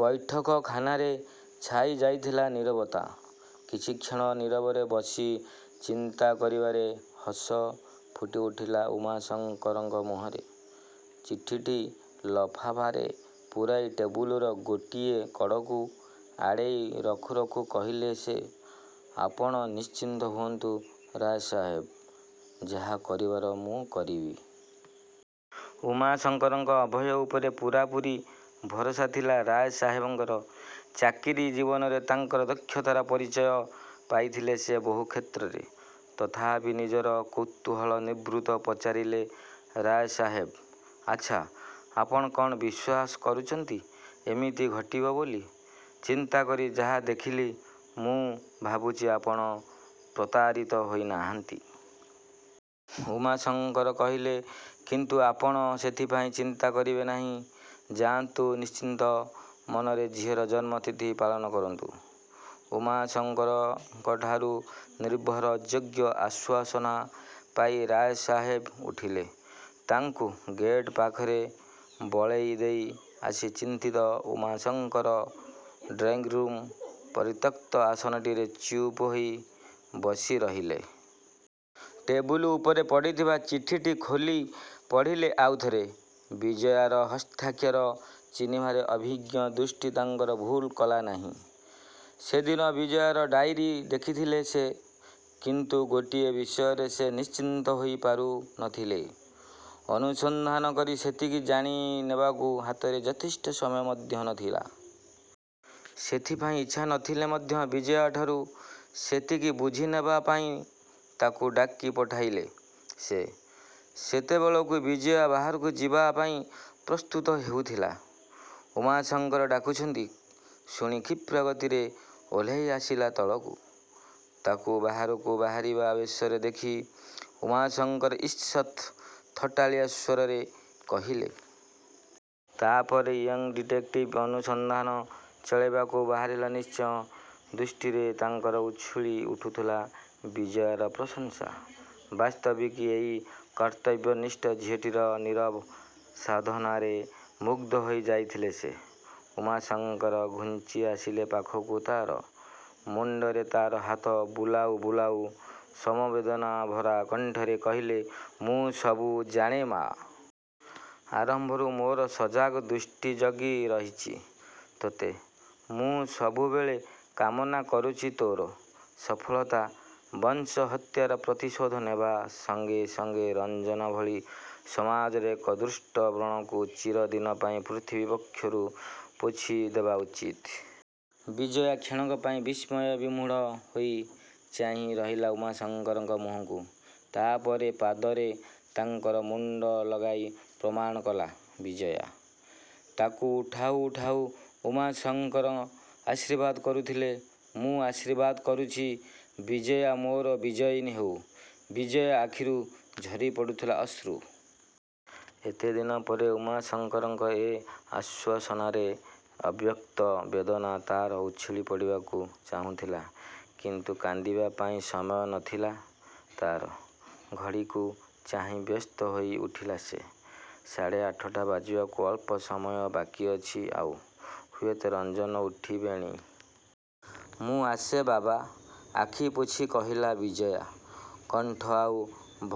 ବୈଠକଖାନାରେ ଛାଇ ଯାଇଥିଲା ନିରବତା। କିଛିକ୍ଷଣ ନିରବରେ ବସି ଚିନ୍ତା କରିବାପରେ ହସ ଫୁଟି ଉଠିଲା ଉମାଶଙ୍କରଙ୍କ ମୁହଁରେ-। ଚିଠିଟି ଲଫାପାରେ ପୂରାଇ ଟେବୁଲର ଗୋଟିଏ କଡ଼କୁ ଆଡ଼େଇ ରଖୁ ରଖୁ କହିଲେ ସେ…… "ଆପଣ ନିଶ୍ଚିତ ହୁଅନ୍ତୁ ରାୟସାହେବ।। ଯାହା କରିବାର ମୁଁ କରିବି। '' ଉମାଶଙ୍କରଙ୍କ ଅଭୟ ଉପରେ ପୂରାପୂରି ଭରସା ଥିଲା ରାୟ ସାହେବଙ୍କର। ଚାକିରି ଜୀବନରେ ତାଙ୍କର ଦକ୍ଷତାର ପରିଚୟ ପାଇଥିଲେ ସେ ବହୁ କ୍ଷେତ୍ରରେ। ତଥାପି ନିଜର କୌତୂହଳ ନିବୃତ୍ତ ପଚାରିଲେ ରାୟସାହେବ। "ଆଛା, ଆପଣ କ'ଣ ବିଶ୍ଵାସ କରୁଚନ୍ତି ଏମିତି ଘଟିବ ବୋଲି? "ଚିନ୍ତାକରି ଯାହା ଦେଖିଲି, ମୁଁ ଭାବୁଚି ଆପଣ ପ୍ରତାରିତ ହୋଇ ନାହାନ୍ତି। '' ଉମାଶଙ୍କର କହିଲେ—"କିନ୍ତୁ ଆପଣ ସେଥିପାଇଁ ଚିନ୍ତା କରିବେ ନାହିଁ। ଯାଆନ୍ତୁ ନିଶ୍ଚିନ୍ତ ମନରେ ଝିଅର ଜନ୍ମତିଥି ପାଳନ କରନ୍ତୁ। '' ଉମାଶଙ୍କରଙ୍କଠାରୁ ନିର୍ଭର ଯୋଗ୍ୟ ଆଶ୍ଵାସନା ପାଇ ରାୟସାହେବ ଉଠିଲେ। ତାଙ୍କୁ ଗେଟ ପାଖରେ ବଳେଇ ଦେଇ ଆସି ଚିନ୍ତିତ ଉମାଶଙ୍କର ଡ୍ରଇଂରୁମ୍ର ପରିତ୍ୟକ୍ତ ଆସନଟିରେ ଚୁପ୍ ହୋଇ ବସିରହିଲେ। ଟେବୁଲ ଉପରେ ପଡ଼ିଥିବା ଚିଠିଟି ଖୋଲି ପଢ଼ିଲେ ଆଉଥରେ। ବିଜୟାର ହସ୍ତାକ୍ଷର ଚିହ୍ନିବାରେ ଅଭିଜ୍ଞ ଦୃଷ୍ଟି ତାଙ୍କର ଭୁଲ୍ କଲା ନାହିଁ। ସେଦିନ ବିଜୟାର ଡାଇରୀ ଦେଖିଥିଲେ ସେ। କିନ୍ତୁ ଗୋଟିଏ ବିଷୟରେ ସେ ନିଶ୍ଚିନ୍ତ ହୋଇ ପାରୁ ନ ଥିଲେ। ଅନୁସନ୍ଧାନ କରି ସେତିକି ଜାଣି ନେବାକୁ ହାତରେ ଯଥେଷ୍ଟ ସମୟ ମଧ୍ୟ ନ ଥିଲା। ସେଥିପାଇଁ ଇଚ୍ଛା ନ ଥିଲେ ମଧ୍ୟ ବିଜୟାଠାରୁ ସେତିକି ବୁଝି ନେବା ପାଇଁ ତାକୁ ଡାକି ପଠାଇଲେ ସେ। ସେତେବେଳକୁ ବିଜୟା ବାହାରକୁ ଯିବା ପାଇଁ ପ୍ରସ୍ତୁତ ହେଉଥିଲା। ଉମାଶଙ୍କର ଡାକୁଛନ୍ତି ଶୁଣି କ୍ଷିପ୍ର ଗତିରେ ଓହ୍ଲାଇ ଆସିଲା ତଳକୁ। ତାକୁ ବାହାରକୁ ବାହାରିବା ବେଶରେ ଦେଖି ଉମାଶଙ୍କର ଇଷତ୍ ଥଟ୍ଟାଳିଆ ସ୍ଵରରେ କହିଲେ। "ତା ପରେ ୟଂ ଡିଟେକ୍ଟିଭ! ଅନୁସନ୍ଧାନ ଚଳେଇବାକୁ ବାହାରିଲ ନିଶ୍ଚୟ। '' ଦୃଷ୍ଟିରେ ତାଙ୍କର ଉଛୁଳି ଉଠୁଥିଲା ବିଜୟାର ପ୍ରଶଂସା। ବାସ୍ତବିକ୍ ଏଇ କର୍ତ୍ତବ୍ୟନିଷ୍ଠ ଝିଅଟିର ନିରବ ସାଧନାରେ ମୁଗ୍ଧ ହୋଇ ଯାଇଥିଲେ ସେ। ଉମାଶଙ୍କର ଘୁଞ୍ଚି ଆସିଲେ ପାଖକୁ ତା'ର। ମୁଣ୍ତରେ ତାର ହାତ ବୁଲାଉ ବୁଲାଉ ସମବେଦନାଭରା କଣ୍ଠରେ କହିଲେ— "ମୁଁ ସବୁ ଜାଣେ ମା। '' ଆରମ୍ଭରୁ ମୋର ସଜାଗ ଦୃଷ୍ଟି ଜଗି ରହିଚି ତୋତେ। ମୁଁ ସବୁବେଳେ କାମନା କରୁଚି ତୋର ସଫଳତା, ବଂଶ ହତ୍ୟାର ପ୍ରତିଶୋଧ ନେବା ସଙ୍ଗେ ସଙ୍ଗେ ରଞ୍ଜନ ଭଳି ସମାଜର ଏକ ଦୁଷ୍ଟ ବ୍ରଣକୁ ଚିରଦିନ ପାଇଁ ପୃଥିବୀ ବକ୍ଷରୁ ପୋଛି ଦେବା ଉଚିତ। '' ବିଜୟା କ୍ଷଣକ ପାଇଁ ବିସ୍ମୟବିମୁଢ଼ ହୋଇ ଚାହିଁ ରହିଲା ଉମାଶଙ୍କରଙ୍କ ମୁହଁକୁ। ତା'ପରେ ପାଦରେ ତାଙ୍କର ମୁଣ୍ତ ଲଗାଇ ପ୍ରମାଣ କଲା ବିଜୟା। ତାକୁ ଉଠାଉ ଉଠାଉ ଉମାଶଙ୍କର ଆଶିର୍ବାଦ କରୁଥିଲେ "ମୁଁ ଆଶିର୍ବାଦ କରୁଚି, ବିଜୟା ମୋର ବିଜୟନୀ ହେଉ। '' ବିଜୟା ଆଖିରୁ ଝରି ପଡ଼ୁଥିଲା ଅଶ୍ରୁ। ଏତେଦିନ ପରେ ଉମାଶଙ୍କରଙ୍କ ଏ ଆଶ୍ଵାସନାରେ ଅବ୍ୟକ୍ତ ବେଦନା ତା'ର ଉଛୁଳି ପଡ଼ିବାକୁ ଚାହୁଁଥିଲା। କିନ୍ତୁ କାନ୍ଦିବା ପାଇଁ ସମୟ ନ ଥିଲା ତା'ର। ଘଡ଼ିକୁ ଚାହିଁ ବ୍ୟସ୍ତ ହୋଇ ଉଠିଲା ସେ। ସାଢ଼େ ଆଠାଟା ବାଜିବାକୁ ଅଳ୍ପସମୟ ବାକି ଅଛି ଆଉ। ହୁଏତ ରଞ୍ଜନ ଉଠିବେଣି। "ମୁଁ ଆସେ ବାବା? '' ଆଖି ପୋଛି କହିଲା ବିଜୟା। କଣ୍ଠ ଆଉ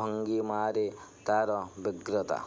ଭଙ୍ଗିମାରେ ତା'ର ବ୍ୟଗ୍ରତା।